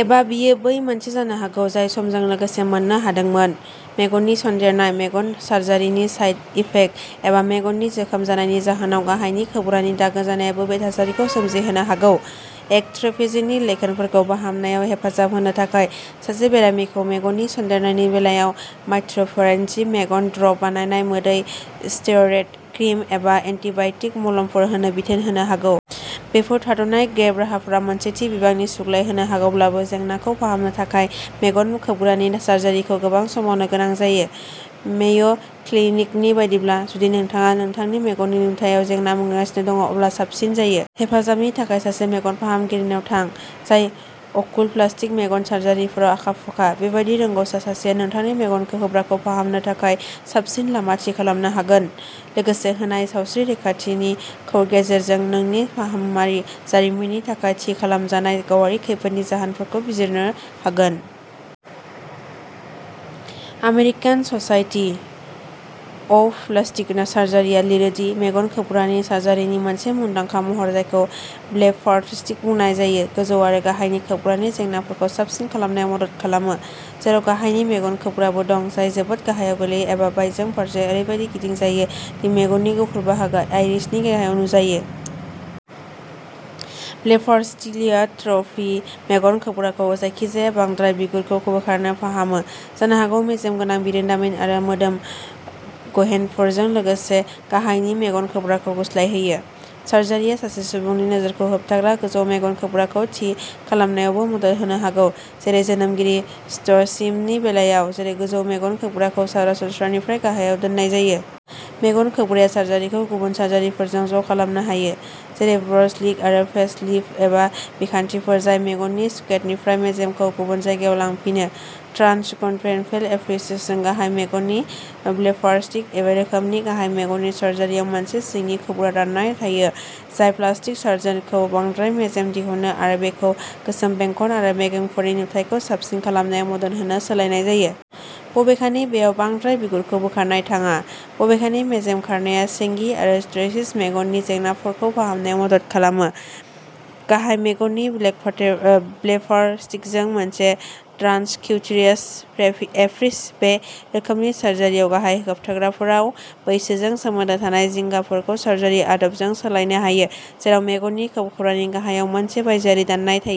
एबा बेयो बै मोनसे जानो हागौ जाय समजों लोगोसे मोननो हादोंमोन। मेगननि सन्देरनाय, मेगन सार्जारिनि साइड इफेक्ट एबा मेगननि जोखोम जानायनि जाहोनाव गाहायनि खोबग्रानि दागो जानायाबो बे थासारिखौ सोमजिहोनो हागौ। इक्ट्र'पिय'ननि लैखोनफोरखौ फाहामनायाव हेफाजाब होनो थाखाय, सासे बेरामिखौ मेगननि सन्देरनायनि बेलायाव मायिश्चाराइजिं मेगन ड्रप, बानायनाय मोदै, स्टेरइड क्रिम एबा एन्टिबाय'टिक मलमफोर होनो बिथोन होनो हागौ। बेफोर थाद'नाय गेप राहाफोरा मोनसे थि बिबांनि सुग्लाय होनो हागौब्लाबो, जेंनाखौ फाहामनो थाखाय मेगन खोबग्रानि सार्जारिखौ गोबां समावनो गोनांथि जायो। मेय'क्लिनिकनि बायदिब्ला, जुदि नोंथाङा नोंथांनि मेगननि नुथायाव जेंना मोनगासिनो दं, अब्ला साबसिन जायो। हेफाजाबनि थाखाय सासे मेगन फाहामगिरिनाव थां, जाय अकुल'प्लास्टिक मेगन सार्जारिफोराव आखा-फाखा। बेबादि रोंग'सा सासेआ नोंनि मेगन खोबग्राखौ फाहामनो थाखाय साबसिन लामा थि खालामनो हागोन, लोगोसे होनाय सावस्रि खौरांनि गेजेरजों नोंनि सावफाहामारि जारिमिननि थाखाय थि खालामजानाय गावारि खैफोदनि जाहोनफोरखौ बिजिरनो हागोन। आमेरिकान स'साइटि अफ प्लास्टिक सार्जारिआ लिरो दि मेगन खोबग्रानि सार्जारिनि मोनसे मुंदांखा महर-जायखौ ब्लेफार'प्लास्टि बुंनाय जायो-गोजौ आरो गाहायनि खोबग्रानि जेंनाफोरखौ साबसिन खालामनायाव मदद खालामो, जेराव गाहायनि मेगन खोबग्राबो दं, जाय जोबोद गाहायाव गोलैयो एबा बायजो फारसे ओरैबादि गिदिंजायो दि मेगननि गुफुर बाहागोआ आइरिसनि गाहायाव नुजायो। ब्लेफार'प्लास्टिया ड्रपि मेगन खोबग्राखौ जायखिजाया बांद्राय बिगुरखौ बोखारनानै फाहामो, जानो हागौ मेजेम गोनां बिदामफोर आरो मोदोम गेहेनफोरजों लोगोसे गाहायनि मेगन खोबग्राखौ गुस्लायहोयो। सार्जारिआ सासे सुबुंनि नोजोरखौ होबथाग्रा गोजौ मेगन खोबग्राखौ थि खालामनायावबो मदद होनो हागौ, जेरै जोनोमारि प्ट'सिसनि बेलायाव, जेराव गोजौ मेगन खोबग्राखौ सरासनस्रानिफ्राय गाहायाव दोननाय जायो। मेगन खोबग्राया सार्जारिखौ गुबुन सार्जारिफोरजों ज'खालामनो हायो, जेरै ब्र'लिफ्ट आरो फेस लिफ्ट, एबा बिखान्थिफोर जाय मेगननि सकेटनिफ्राय मेजेमखौ गुबुन जायगायाव लांफिनो। ट्रान्सकन्जांक्टिभेल एप्रोचजों गाहाय मेगननि ब्लेफारप्लास्टि बे रोखोमनि गाहाय मेगननि सार्जारिआव मोनसे सिंनि खोबग्रा दाननाय थायो जाय प्लास्टिक सार्जनखौ बांद्राय मेजेम दिहुननो आरो बेखौ गोसोम बेंखन आरो बेगफोरनि नुथायखौ साबसिन खालामनायाव मदद होनो थाखाय सोलायनाय जायो। बबेखानि, बेयाव बांद्राय बिगुरखौ बोखारनाय थाङा, बबेखानि मेजेम खारनाया सेगिं आरो स्ट्रेच्ड मेगननि जेंनाफोरखौ फाहामनायाव मदद खालामो। गाहाय मेगननि ब्लेफारप्लास्टिजों मोनसे ट्रान्सक्युटेनियास एप्रोच बे रोखोमनि सार्जारिआव गाहाय खोबग्राफोराव, बैसोजों सोमोन्दो थानाय जिंगाफोरखौ सार्जारि आदबजों सोलायनो हायो, जेराव मेगननि खोबग्रानि गाहायाव मोनसे बायजोआरि दाननाय थायो।